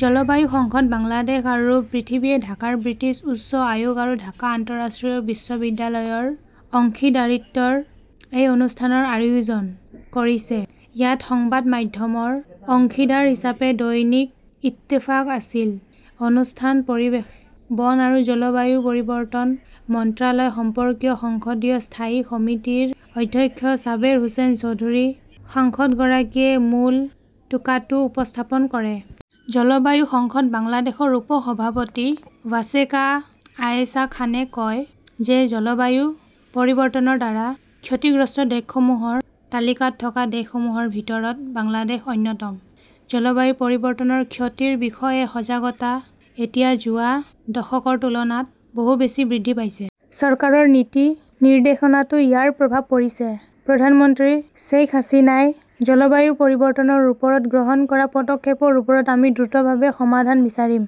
জলবায়ু সংসদ বাংলাদেশ আৰু পৃথিৱীয়ে ঢাকাৰ ব্ৰিটিছ উচ্চ আয়োগ আৰু ঢাকা আন্তঃৰাষ্ট্ৰীয় বিশ্ববিদ্যালয়ৰ অংশীদাৰিত্বত এই অনুষ্ঠানৰ আয়োজন কৰিছে। ইয়াত সংবাদ মাধ্যমৰ অংশীদাৰ হিচাপে দৈনিক ইত্তেফাক আছিল। অনুষ্ঠান পৰিৱেশ, বন আৰু জলবায়ু পৰিৱৰ্তন মন্ত্ৰালয় সম্পৰ্কীয় সংসদীয় স্থায়ী সমিতিৰ অধ্যক্ষ ছাবেৰ হোসেন চৌধুৰী, সাংসদগৰাকীয়ে মূল টোকাটো উপস্থাপন কৰে। জলবায়ু সংসদ বাংলাদেশৰ উপ-সভাপতি ৱাসেকা আয়েশা খানে কয় যে জলবায়ু পৰিৱৰ্তনৰ দ্বাৰা ক্ষতিগ্ৰস্ত দেশসমূহৰ তালিকাত থকা দেশসমূহৰ ভিতৰত বাংলাদেশ অন্যতম। জলবায়ু পৰিৱৰ্তনৰ ক্ষতিৰ বিষয়ে সজাগতা এতিয়া যোৱা দশকৰ তুলনাত বহু বেছি বৃদ্ধি পাইছে। চৰকাৰৰ নীতি নিৰ্ধাৰণতো ইয়াৰ প্ৰভাৱ পৰিছে। প্ৰধানমন্ত্ৰী শ্বেইখ হাছিনাই জলবায়ু পৰিৱৰ্তনৰ ওপৰত গ্ৰহণ কৰা পদক্ষেপৰ ওপৰত আমি দ্ৰুতভাৱে সমাধান বিচাৰিম।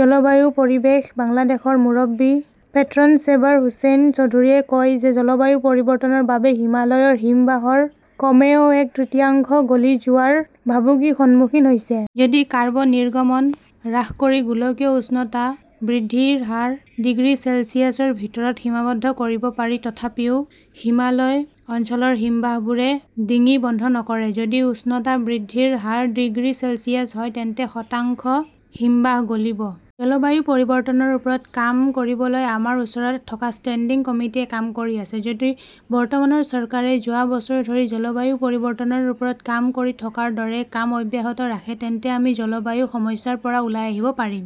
জলবায়ু পৰিৱেশ বাংলাদেশৰ মুৰব্বী পেট্ৰন চেবাৰ হোসেন চৌধুৰীয়ে কয় যে জলবায়ু পৰিৱৰ্তনৰ বাবে হিমালয়ৰ হিমবাহৰ কমেও এক তৃতীয়াংশ গলি যোৱাৰ ভাবুকিৰ সন্মুখীন হৈছে। যদি কাৰ্বন নিৰ্গমন হ্ৰাস কৰি গোলকীয় উষ্ণতা বৃদ্ধিৰ হাৰ ডিগ্ৰী চেলছিয়াছৰ ভিতৰত সীমাবদ্ধ কৰিব পাৰি, তথাপিও হিমালয় অঞ্চলৰ হিমবাহবোৰে ডিঙি বন্ধ নকৰে। যদি উষ্ণতা বৃদ্ধিৰ হাৰ ডিগ্ৰী চেলছিয়াছ হয়, তেন্তে শতাংশ হিমবাহ গলিব। জলবায়ু পৰিৱৰ্তনৰ ওপৰত কাম কৰিবলৈ আমাৰ ওচৰত থকা ষ্টেণ্ডিং কমিটিয়ে কাম কৰি আছে। যদি বৰ্তমানৰ চৰকাৰে যোৱা বছৰ ধৰি জলবায়ু পৰিৱৰ্তনৰ ওপৰত কাম কৰি থকাৰ দৰে কাম অব্যাহত ৰাখে তেন্তে আমি জলবায়ু সমস্যাৰ পৰা ওলাই আহিব পাৰিম।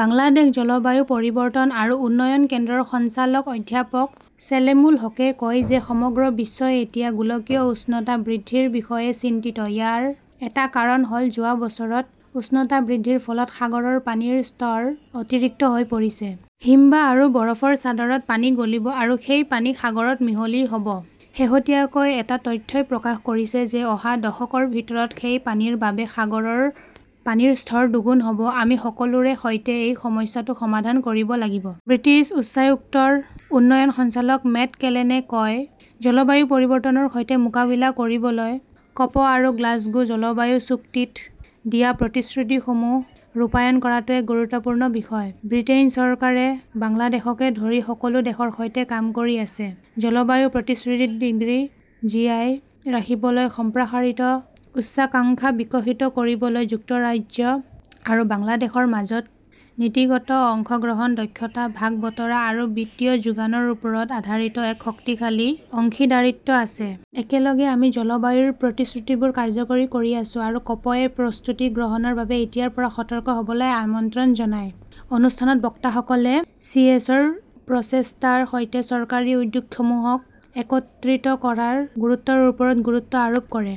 বাংলাদেশ জলবায়ু পৰিৱৰ্তন আৰু উন্নয়ন কেন্দ্ৰৰ সঞ্চালক অধ্যাপক চেলেমুল হকে কয় যে সমগ্ৰ বিশ্বই এতিয়া গোলকীয় উষ্ণতা বৃদ্ধিৰ বিষয়ে চিন্তিত। ইয়াৰ এটা কাৰণ হ'ল, যোৱা বছৰত উষ্ণতা বৃদ্ধিৰ ফলত সাগৰৰ পানীৰ স্তৰ অতিৰিক্ত হৈ পৰিছে। হিমবাহ আৰু বৰফৰ চাদৰত পানী গলিব, আৰু সেই পানী সাগৰত মিহলি হ'ব। শেহতীয়াকৈ এটা তথ্যই প্ৰকাশ কৰিছে যে অহা দশকৰ ভিতৰত সেই পানীৰ বাবে সাগৰৰ পানীৰ স্তৰ দুগুণ হ'ব। আমি সকলোৰে সৈতে এই সমস্যাটো সমাধান কৰিব লাগিব। ব্ৰিটিছ উচ্চায়ুক্তৰ উন্নয়ন সঞ্চালক মেট কেনেলে কয়, "জলবায়ু পৰিৱৰ্তনৰ সৈতে মোকাবিলা কৰিবলৈ ক'প আৰু গ্লাছগো জলবায়ু চুক্তিত দিয়া প্ৰতিশ্ৰুতিসমূহ ৰূপায়ণ কৰাটো এক গুৰুত্বপূৰ্ণ বিষয়। ব্ৰিটেইন চৰকাৰে বাংলাদেশকে ধৰি সকলো দেশৰ সৈতে কাম কৰি আছে, জলবায়ু প্ৰতিশ্ৰুতিত ডিগ্ৰী জীয়াই ৰাখিবলৈ সম্প্ৰসাৰিত উচ্চাকাংক্ষা বিকশিত কৰিবলৈ যুক্তৰাজ্য আৰু বাংলাদেশৰ মাজত নীতিগত অংশগ্ৰহণ, দক্ষতা ভাগ-বতৰা আৰু বিত্তীয় যোগানৰ ওপৰত আধাৰিত এক শক্তিশালী অংশীদাৰিত্ব আছে। একেলগে, আমি জলবায়ুৰ প্ৰতিশ্ৰুতিবোৰ কাৰ্যকৰী কৰি আছো। আৰু ক 'প -এ প্ৰস্তুতি গ্ৰহণৰ বাবে এতিয়াৰ পৰা সতৰ্ক হ' বলৈ আমন্ত্ৰণ জনায়। অনুষ্ঠানত বক্তাসকলে চি. এছ. অ '. -ৰ প্ৰচেষ্টাৰ সৈতে চৰকাৰী উদ্যোগসমূহক একত্ৰিত কৰাৰ গুৰুত্বৰ ওপৰত গুৰুত্ব আৰোপ কৰে।